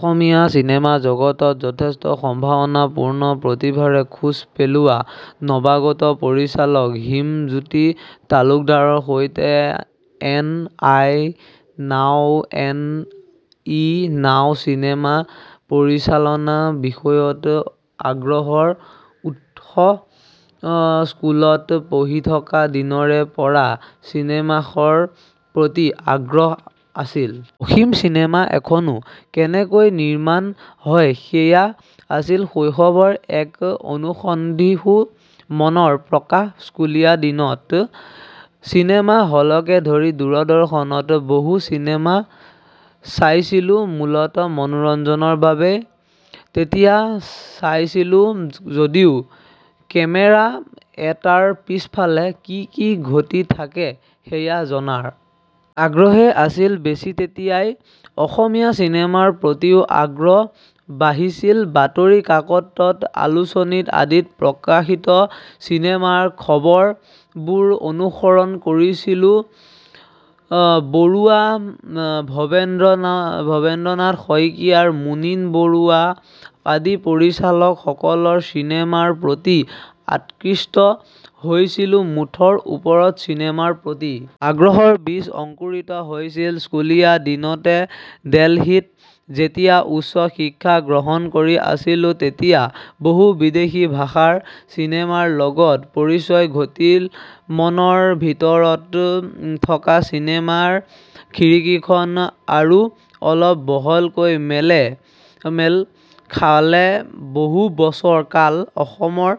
অসমীয়া cinema জগতত যথেষ্ট সম্ভাৱনাপূৰ্ণ প্ৰতিভাৰে খোজ পেলোৱা নৱাগত পৰিচালক হিমজ্যোতি তালুকদাৰৰ সৈতে N E now N E now cinema পৰিচালনা বিষয়ত আগ্ৰহৰ উত্স স্কুলত পঢ়ি থকা দিনৰে পৰা চিনেমসৰ প্ৰতি আগ্ৰহ আছিল অসীমচিনেমা এখননো কেনেকৈ নিৰ্মান হয় সেয়া আছিল শৈশৱৰ এক অনুসন্ধিত্সু মনৰ প্ৰকাশস্কুলীয়া দিনত চিনেমা হলকে ধৰি দূৰদৰ্শনত বহু চিনেমা চাইছিলোমূলতমনোৰঞ্জনৰ বাবেই তেতিয়া চাইছিলো যদিও কেমেৰা এটাৰ পাছফালে কি কি ঘটি থাকে সেয়া জনাৰ আগ্ৰহ হে আছিল বেছিতেতিয়াই অসমীয়া চিনেমাৰ প্ৰতিও আগ্ৰহ বঢ়িছিলবাতৰি কাকত আলোচনী আদিত প্ৰকাশিত চিনেমাৰ খবৰবোৰ অনুসৰণ কৰিছিলোজাহ্নু বৰুৱা ভবেন্দ্ৰ নাথ শইকীয়া মুনীন বৰুৱা আদি পৰিচালক সকলৰ চিনেমাৰ প্ৰতি আকৃষ্ট হৈছিলোমুঠৰ ওপৰত চিনেমাৰ প্ৰতি আগ্ৰহৰ বীজ অঙ্কুৰিত হৈছিল স্কুলীয়া দিনতেদিল্লীত যেতিয়া উচ্চ শিক্ষা গ্ৰহণ কৰি আছিলো তেতিয়া বহু বিদেশী ভাষাৰ চিনেমাৰ লগত পৰিচয় ঘটিলমনৰ ভিতৰত থকা চিনেমাৰ খিৰিকীখন আৰু অলপ বহলকৈ মেল খালেবহু বছৰ কাল অসমৰ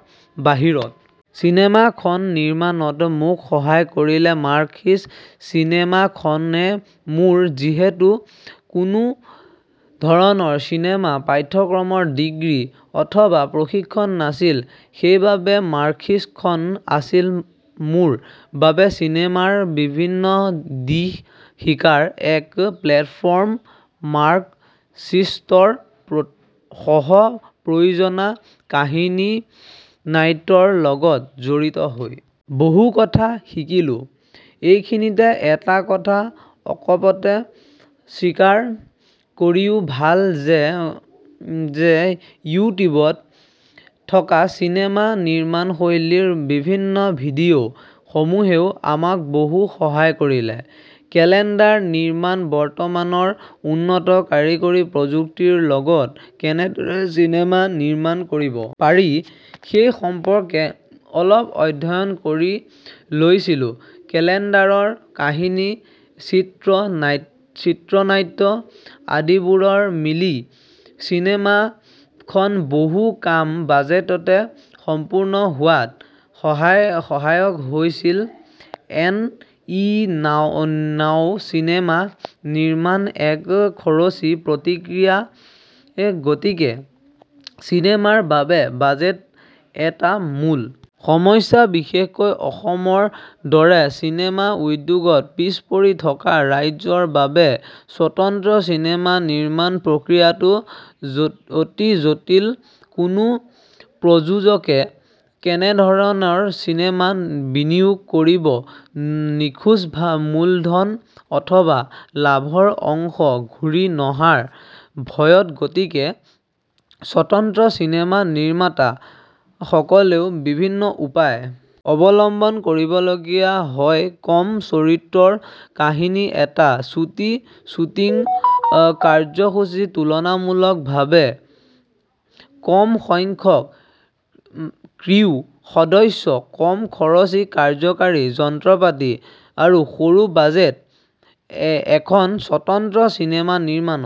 বাহিৰত চিনেমা খন নিৰ্মাণত মোক সহায় কৰিলে মাৰ্কশ্বিট চিনেমাখনেমোৰ যিহেতু কোনো ধৰণৰ চিনেমা পাঠ্যক্ৰমৰ ডিগ্ৰী অথবা প্ৰশিক্ষণ নাছিল সেইবাবে মাৰ্কশ্বিটখন আছিল মোৰ বাবে চিনেমাৰ বিভিন্ন দিশ শিকাৰ এটা প্লেটফৰ্মমাৰ্কশ্বিটৰ সহপ্ৰযোজনা কাহিনীচিত্ৰনাট্যৰ লগত জঢ়িত হৈ বহু কথা শিকিলোএইখিনিতে এটা কথা অকপতে স্বীকাৰ কৰিও ভাল লাগে যে ইউটিউবত থকা চিনেমা নিৰ্মান শৈলীৰ বিভিন্ন ভিডিঅ সমূহেও মোক বহু সহায় কৰিলে কেলেণ্ডাৰ নিৰ্মাণতবৰ্তমানৰ উন্নত কাৰিকৰী প্ৰযুক্তিৰ যুগত কেনেদৰে চিনেমা নিৰ্মাণ কৰিব পাৰি সেই সম্পৰ্কে অলপ অধ্যয়ন কৰি লৈছিলোকেলেণ্ডাৰৰ কাহিনী চৰিত্ৰ চিত্ৰনাট্য আদিবোৰ মিলি চিনেমা খন বহু কম বাজেটতে সম্পূৰ্ণ হোৱাত সহায়ক হৈছিলএন ই নাও চিনেমা নিৰ্মাণ এক খৰছী প্ৰক্ৰিয়াগতিকে চিনেমাৰ বাবে বাজেট এটা মূল সমস্যাবিশেষকৈ অসমৰ দৰে চিনেমা উদ্যোগত পিছপৰি থকা ৰাজ্যৰ বাবে স্বতন্ত্ৰ চিনেমা নিৰ্মাণ প্ৰক্ৰিয়াটো অতি জটিলকোনো প্ৰযোজকে এনেধৰণৰ চিনেমাত বিনিয়োগ কৰিব নোখোজেমূলধন অথবা লাভৰ অংশ ঘূৰি নহাৰ ভয়তগতিকে স্বতন্ত্ৰ চিনেমা নিৰ্মাতা সকলেও বিভিন্ন উপায় অৱলম্বন কৰিবলগীয়া হয়কম চৰিত্ৰৰ কাহিনী এটা চুটি শ্বুটিং কাৰ্যসূচী তুলনামূলক ভাবে কম সংখ্যক ক্ৰিউ সদস্য কম খৰছী কাৰিকৰী যন্ত্ৰপাতি সৰু বাজেট এখন স্বতন্ত্ৰ চিনেমা নিৰ্মানত